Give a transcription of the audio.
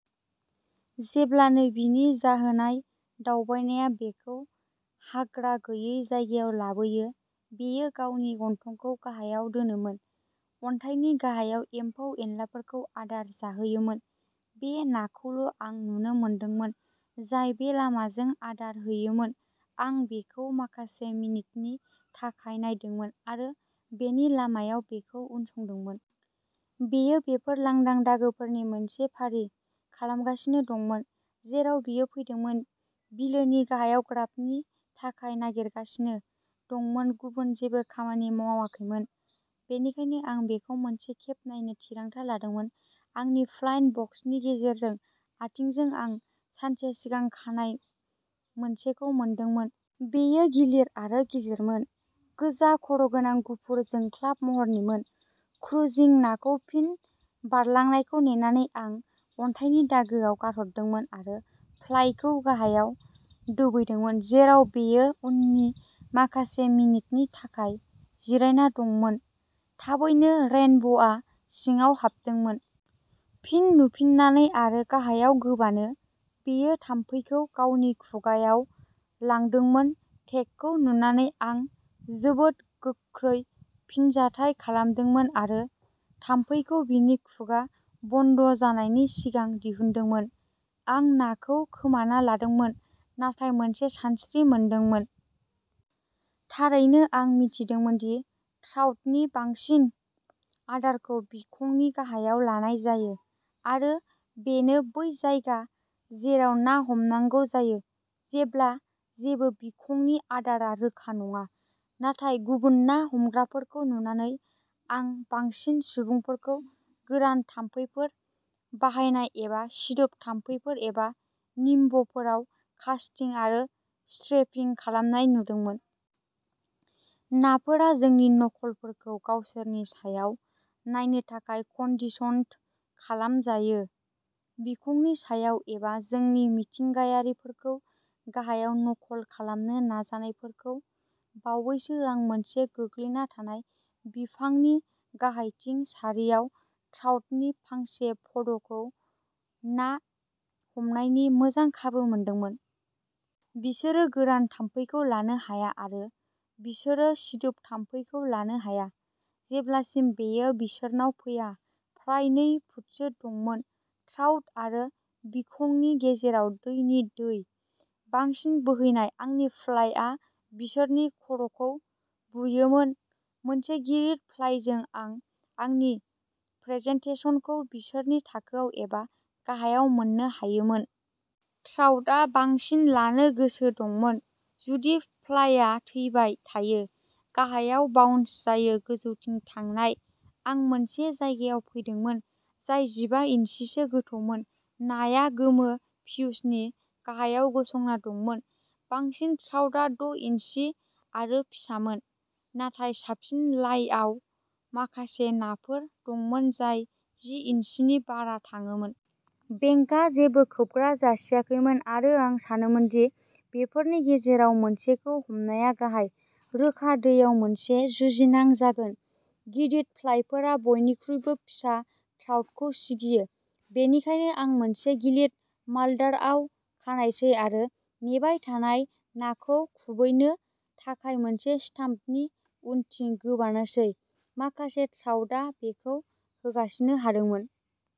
जेब्लानो बिनि जाहोनाय दावबायनाया बेखौ हाग्रा गैयै जायगायाव लाबोयो, बेयो गावनि गन्थंखौ गाहायाव दोनोमोन, अन्थाइनि गाहायाव एम्फौ-एनलाफोरखौ आदार जाहैयोमोन। बे नाखौल' आं नुनो मोनदोंमोन जाय बे लामाजों आदार जाहैयोमोन। आं बेखौ माखासे मिनिटनि थाखाय नायदोंमोन आरो बेनि लामायाव बेखौ उनसंदोंमोन। बेयो बेफोर लांदां दागोफोरनि मोनसे फारि खालामगासिनो दंमोन, जेरावबो बियो फैदोंमोन बिलोनि गाहायाव ग्राबनि थाखाय नागिरगासिनो दंमोन। गुबुन जेबो खामानि मावाखैमोन, बेनिखायनो आं बेखौ मोनसे खेब नायनो थिरांथा लादोंमोन। आंनि फ्लाइ बक्सनि गेजेरजों आथिंजों, आं सानसे सिगां खानाय मोनसेखौ मोनदोंमोन। बेयो गिलिर आरो गिलिरमोन, गोजा खर'गोनां गुफुर जोंख्लाब महरनिमोन। क्रुजिं नाखौ फिन बारलांनायखौ नेनानै, आं अन्थाइनि दागोआव गारहरदोंमोन आरो फ्लाइखौ गाहायाव दोबैदोंमोन जेराव बेयो उननि माखासे मिनिटनि थाखाय जिरायना दंमोन। थाबैनो, रेइनब'आ सिङाव हाबदोंमोन। फिन नुफिननानै आरो गाहायाव गोबानो, बेयो थाम्फैखौ गावनि खुगाआव लांदोंमोन। टेकखौ नुनानै, आं जोबोद गोख्रै फिनजाथाय खालामदोंमोन आरो थाम्फैखौ बिनि खुगा बन्द जानायनि सिगां दिहुनदोंमोन। आं नाखौ खोमाना लादोंमोन नाथाय मोनसे सानस्रि मोनदोंमोन। थारैनो, आं मिथिदोंमोन दि ट्राउटनि बांसिन आदारखौ बिखंनि गाहायाव लानाय जायो आरो बेनो बै जायगा जेराव ना हमनांगौ जायो जेब्ला जेबो बिखंनि आदारआ रोखा नङा। नाथाय गुबुन ना हमग्राफोरखौ नुनानै, आं बांसिन सुबुंफोरखौ गोरान थाम्फैफोर बाहायनाय एबा सिदोब थाम्फैफोर एबा निम्फफोराव कास्टिं आरो स्ट्रिपिं खालामनाय नुदोंमोन। नाफोरा जोंनि नकलफोरखौ गावसोरनि सायाव नायनो थाखाय कन्डिशन्ड खालामजायो, बिखंनि सायाव एबा जोंनि मिथिंगायारिफोरखौ गाहायाव नकल खालामनो नाजानायफोरखौ बावैसो आं मोनसे गोग्लैना थानाय बिफांनि गाहायथिंनि सारियाव ट्राउटनि फांसे फ'डखौ ना हमनायनि मोजां खाबु मोनदोंमोन। बिसोरो गोरान थाम्फैखौ लानो हाया आरो बिसोरो सिदोब थाम्फैखौ लानो हाया जेब्लासिम बेयो बिसोरनाव फैया। फ्राय नै फुटसो दंमोन। ट्राउट आरो बिखंनि गेजेराव दैनि दै। बांसिन बोहैनाय, आंनि फ्लाइआ बिसोरनि खर'खौ बुयोमोन। मोनसे गिलिर फ्लाइजों आं आंनि प्रेजेन्टेसनखौ बिसोरनि थाखोआव एबा गाहायाव मोन्नो हायोमोन। ट्राउटआ बांसिन लानो गोसो दंमोन जुदि फ्लाइआ थैबाय थायो, गाहायाव बाउन्स जायो। गोजौथिं थांनाय, आं मोनसे जायगायाव फैदोंमोन जाय जिबा इन्सिसो गोथौमोन। नाआ गोमो पियुमिसनि गाहायाव गसंना दंमोन। बांसिन ट्राउटआ द' इन्सि आरो फिसामोन, नाथाय साबसिन लाइआव माखासे नाफोर दंमोन जाय जि इन्सिनि बारा थाङोमोन। बेंकआ जेबो खोबग्रा जासियाखैमोन आरो आं सानोमोन दि बेफोरनि गेजेराव मोनसेखौ हमनाया गाहाय, रोखा दैयाव मोनसे जुजिनां जागोन। गिदिर फ्लाइफोरा बयनिख्रुइबो फिसा ट्राउटखौ सिगियो, बेनिखायनो आं मोनसे गिलिर माड्लारआव खानायसै आरो नेबाय थानाय नाखौ खुबैनो थाखाय मोनसे स्टाम्पनि उनथिं गोबानोसै। माखासे ट्राउटआ बेखौ होसिनो हादोंमोन।